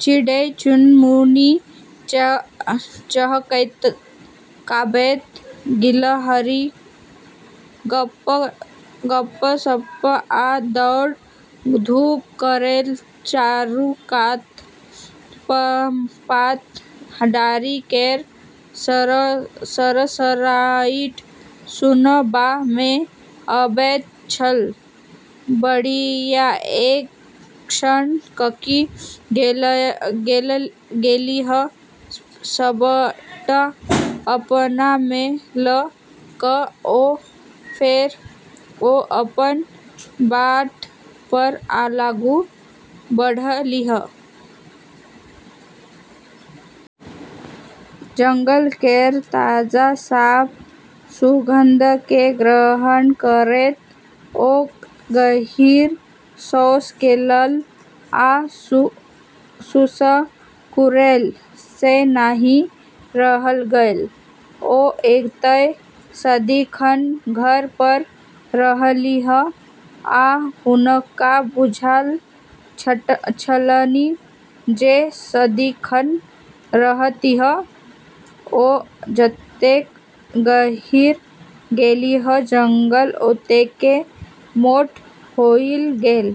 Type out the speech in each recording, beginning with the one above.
चिड़ै-चुनमुनी चहकैत-गाबैत, गिलहरी गप्प-सप्प आ दौड़-धूप करैत, चारू कात पात-डारि केर सरसराहट सुनबा मे अबैत छल। बुढ़िया एक क्षण रुकि गेलीह, सबटा अपना मे लऽ कऽ, आ फेर ओ अपन बाट पर आगू बढ़लीह। जंगल केर ताजा साफ सुगंध केँ ग्रहण करैत ओ गहींर साँस लेलक आ मुसुकुरैला सँ नहि रहल गेल। ओ एतय सदिखन घर पर रहलीह, आ हुनका बुझल छलनि जे सदिखन रहतीह। ओ जतेक गहींर गेलीह, जंगल ओतेक मोट होइत गेल।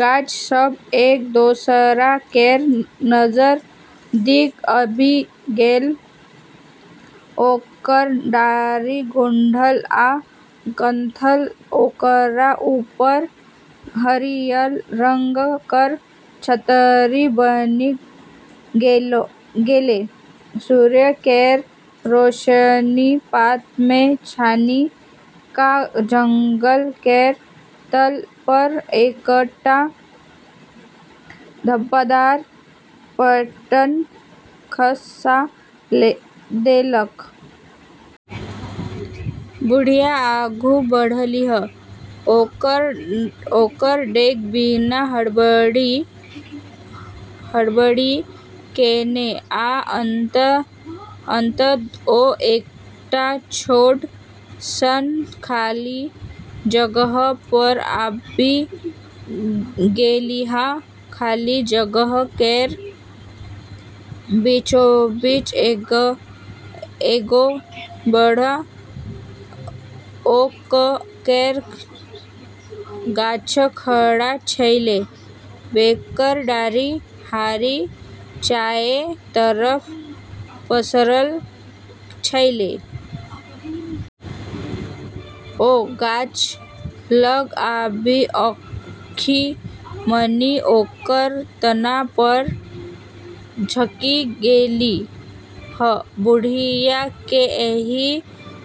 गाछ सभ एक दोसरा केर नजदीक आबि गेल, ओकर डारि गाँठल आ गूंथल, ओकरा ऊपर हरियर रंग केर छतरी बनि गेलै। सूर्य केर रोशनी पात मे छानि कऽ जंगल केर तल पर एकटा धब्बादार पैटर्न खसा देलक। बुढ़िया आगू बढ़लीह, ओकर डेग बिना हड़बड़ी केने, आ अंततः ओ एकटा छोट सन खाली जगह पर आबि गेलीह। खाली जगह केर बीचोबीच एगो बड़ ओक केर गाछ खड़ा छेलै, जेकर डारि चारो तरफ पसरल छेलै। ओ गाछ लग आबि आँखि मुनि ओकर तना पर झुकि गेलीह। बुढ़िया के एहि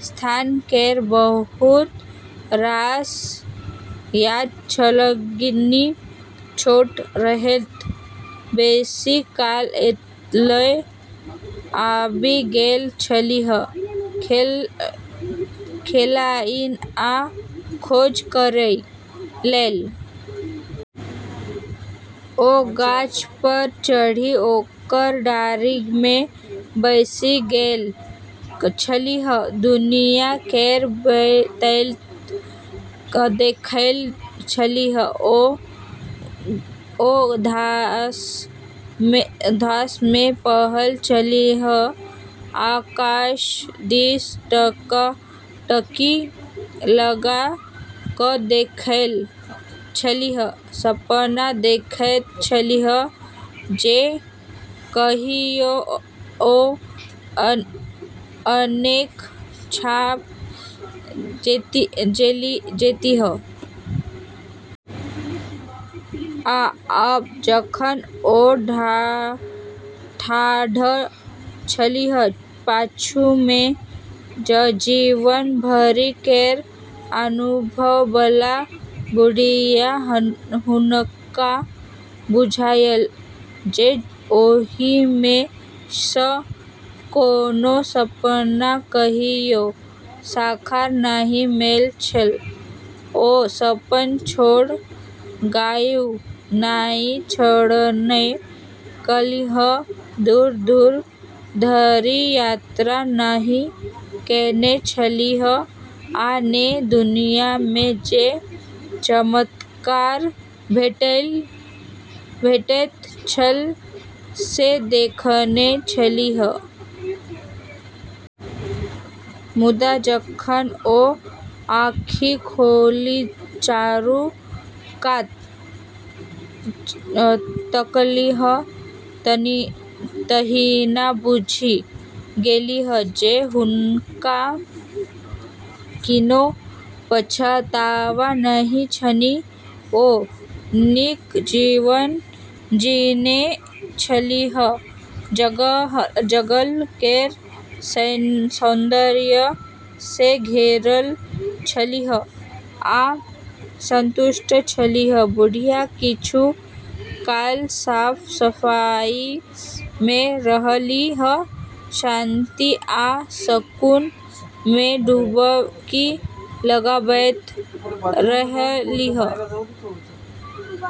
स्थान केर बहुत रास याद छलनि। छोट रहैत बेसी काल एतय आबि गेल छलीह, खेलाइत आ खोज करै लेल। ओ गाछ पर चढ़ि ओकर डारि मे बैसि गेल छलीह, दुनिया केर बीतैत देखैत छलीह। ओ घास मे पड़ल छलीह, आकाश दिस टकटकी लगा कऽ देखैत छलीह, सपना देखैत छलीह जे कहियो ओ जतेक ठाम जेतीह। आ आब जखन ओ ठाढ़ छलीह, पाछू मे जीवन भरि केर अनुभव बला बुढ़िया, हुनका बुझायल जे ओहि मे सँ कोनो सपना कहियो साकार नहि भेल छल। ओ अपन छोट गाउँ नहि छोड़ने छलीह, दूर-दूर धरि यात्रा नहि केने छलीह आ ने दुनिया मे जे चमत्कार भेटैत छल से देखने छलीह। मुदा जखन ओ आँखि खोलि चारू कात तकलीह तहिना बुझि गेलीह जे हुनका कोनो पछतावा नहि छनि। ओ नीक जीवन जीने छलीह, जंगल केर सौन्दर्य सँ घेरल छलीह आ संतुष्ट छलीह। बुढ़िया किछु काल साफ-सफाई मे रहलीह, शांति आ सुकून मे डुबकी लगबैत रहलीह।